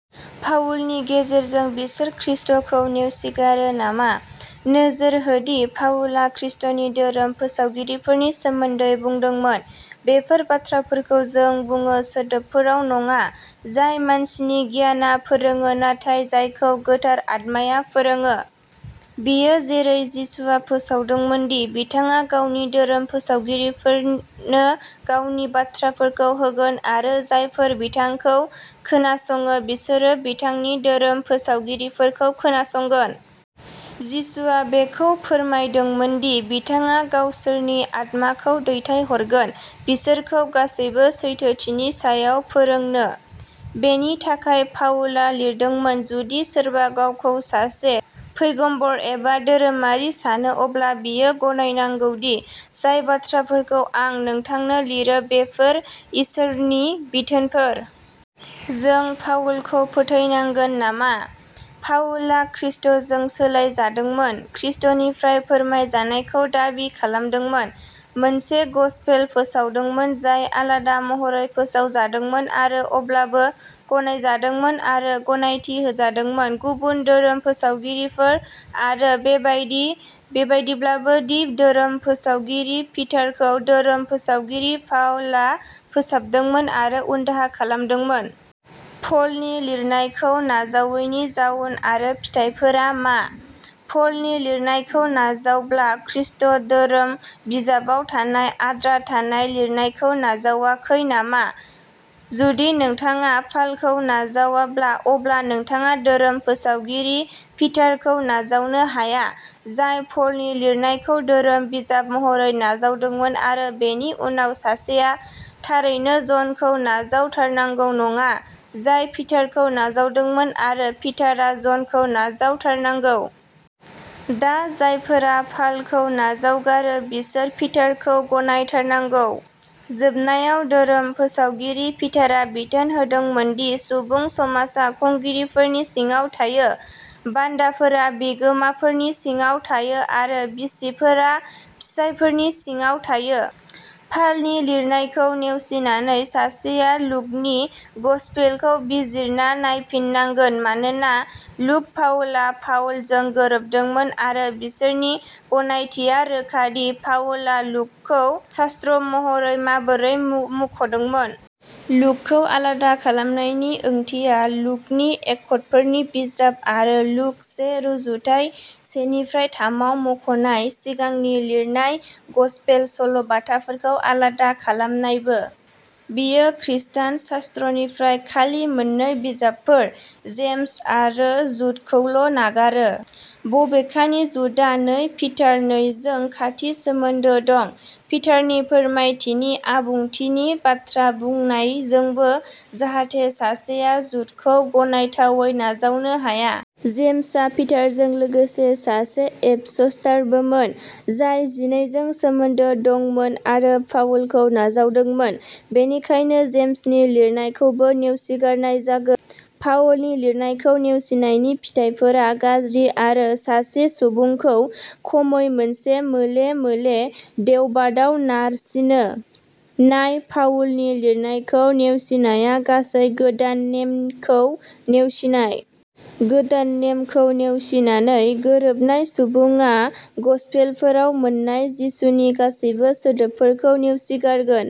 पाउलनि गेजेरजों बिसोर खृष्टखौ नेवसिगारो नामा? नोजोर हो दि पाउला खृष्टनि धोरोम फोसावगिरिफोरनि सोमोन्दै बुंदोंमोन, "बेफोर बाथ्राफोरखौबो जों बुङो, सोदोबफोराव नङा जाय मानसिनि गियानआ फोरोङो नाथाय जायखौ गोथार आत्माया फोरोङो।" बेयो जेरै जिसुआ फोसावदोंमोन दि बिथाङा गावनि धोरोम फोसावगिरिफोरनो गावनि बाथ्राफोरखौ होगोन आरो जायफोरा बिथांखौ खोनासङो बिसोरो बिथांनि धोरोम फोसावगिरिफोरखौ खोनासंगोन। जिसुआ बेखौबो फोरमायदोंमोन दि बिथाङा गावसोरनि आत्माखौ दैथायहरगोन बिसोरखौ गासैबो सैथोथिनि सायाव फोरोंनो। बेनि थाखाय पाउला लिरदोंमोन, "जुदि सोरबा गावखौ सासे पैगम्बर एबा धोरोमारि सानो अब्ला बियो गनायनांगौ दि जाय बाथ्राफोरखौ आं नोंथांनो लिरो बेफोरो इसोरनि बिथोनफोर।" जों पाउलखौ फोथायनांगोन नामा? पाउलआ खृष्टजों सोलायजादोंमोन, खृष्टनिफ्राय फोरमायजानायखौ दाबि खालामदोंमोन, मोनसे गसपेल फोसावदोंमोन जाय आलादा महरै फोसावजादोंमोन आरो अब्लाबो गनायजादोंमोन आरो गनायथि होजादोंमोन गुबुन धोरोम फोसावगिरिफोर आरो बेबायदिब्लाबो दि धोरोम फोसावगिरि पिटारखौ धोरोम फोसावगिरि पालआ फोसाबदोंमोन आरो उनदाहा खालामदोंमोन। पलनि लिरनायखौ नाजावैनि जाउन आरो फिथायफोरा मा? पलनि लिरनायखौ नाजावाब्ला खृष्टान धोरोम बिजाबाव थानाय आद्रा थानाय लिरनायखौ नाजावाखै नामा? जुदि नोंथाङा पालखौ नाजावाब्ला अब्ला नोंथाङा धोरोम फोसावगिरि पिटारखौ नाजावनो हाया, जाय पलनि लिरनायखौ धोरोम बिजाब महरै नाजावदोंमोन आरो बेनि उनाव सासेया थारैनो जनखौ नाजावथारनांगौ नङा, जाय पिटारखौ नाजावदोंमोन आरो पिटारआ जनखौ नाजावथारनांगौ। दा, जायफोरा पालखौ नाजावगारो, बिसोरो पिटारखौ गनायथारनांगौ। जोबनायाव, धोरोम फोसावगिरि पिटारआ बिथोन होदोंमोन दि सुबुं समाजा खुंगिरिफोरनि सिङाव थायो, बान्दाफोरा बिगोमाफोरनि सिङाव थायो आरो बिसिफोरा फिसायफोरनि सिङाव थायो। पालनि लिरनायखौ नेवसिनानै सासेआ लुकनि गसपेलखौ बिजिरना नायफिननांगोन मानोना लुक पाउलआ पाउलजों गोरोबदोंमोन आरो बिसोरनि गनायथिया रोखा दि पाउलआ लुकखौ शास्त्र महरै माबोरै मुंख'दोंमोन। लुकखौ आलादा खालामनायनि ओंथिया लूकनि एक्टफोरनि बिजाब आरो लूक से रुजुथाइ सेनिफ्राय थामआव मुंख'नाय सिगांनि लिरनाय गसपेल सल'बाथाफोरखौ आलादा खालामनायबो। बेयो खृस्टान शास्त्रनिफ्राय खालि मोन्नै बिजाबफोर, जेम्स आरो जुडखौल' नागारो। बबेखानि, जुडआ नै पिटार नै जों खाथि सोमोन्दो दं, पिटारनि फोरमायथिनि आबुंथिनि बाथ्रा बुंनायजोंबो, जाहाथे सासेया जुडखौ गनायथावै नाजावनो हाया। जेम्सआ पिटारजों लोगोसे सासे एपस्टलबोमोन, जाय जिनैजों सोमोन्दो दंमोन आरो पाउलखौ नाजावदोंमोन, बेनिखायनो जेम्सनि लिरनायखौबो नेवसिगारनाय जागोन। पाउलनि लिरनायखौ नेवसिनायनि फिथाइफोरा गाज्रि आरो सासे सुबुंखौ खमैबो मोनसे मोले-मोले देवबादआव नारसिनो। नाय, पाउलनि लिरनायखौ नेवसिनाया गासै गोदान नेमखौ नेवसिनाय। गोदान नेमखौ नेवसिनानै, गोरोबनाय सुबुङा गस्पेलफोराव मोन्नाय जिसुनि गासैबो सोदोबफोरखौ नेवसिगारगोन।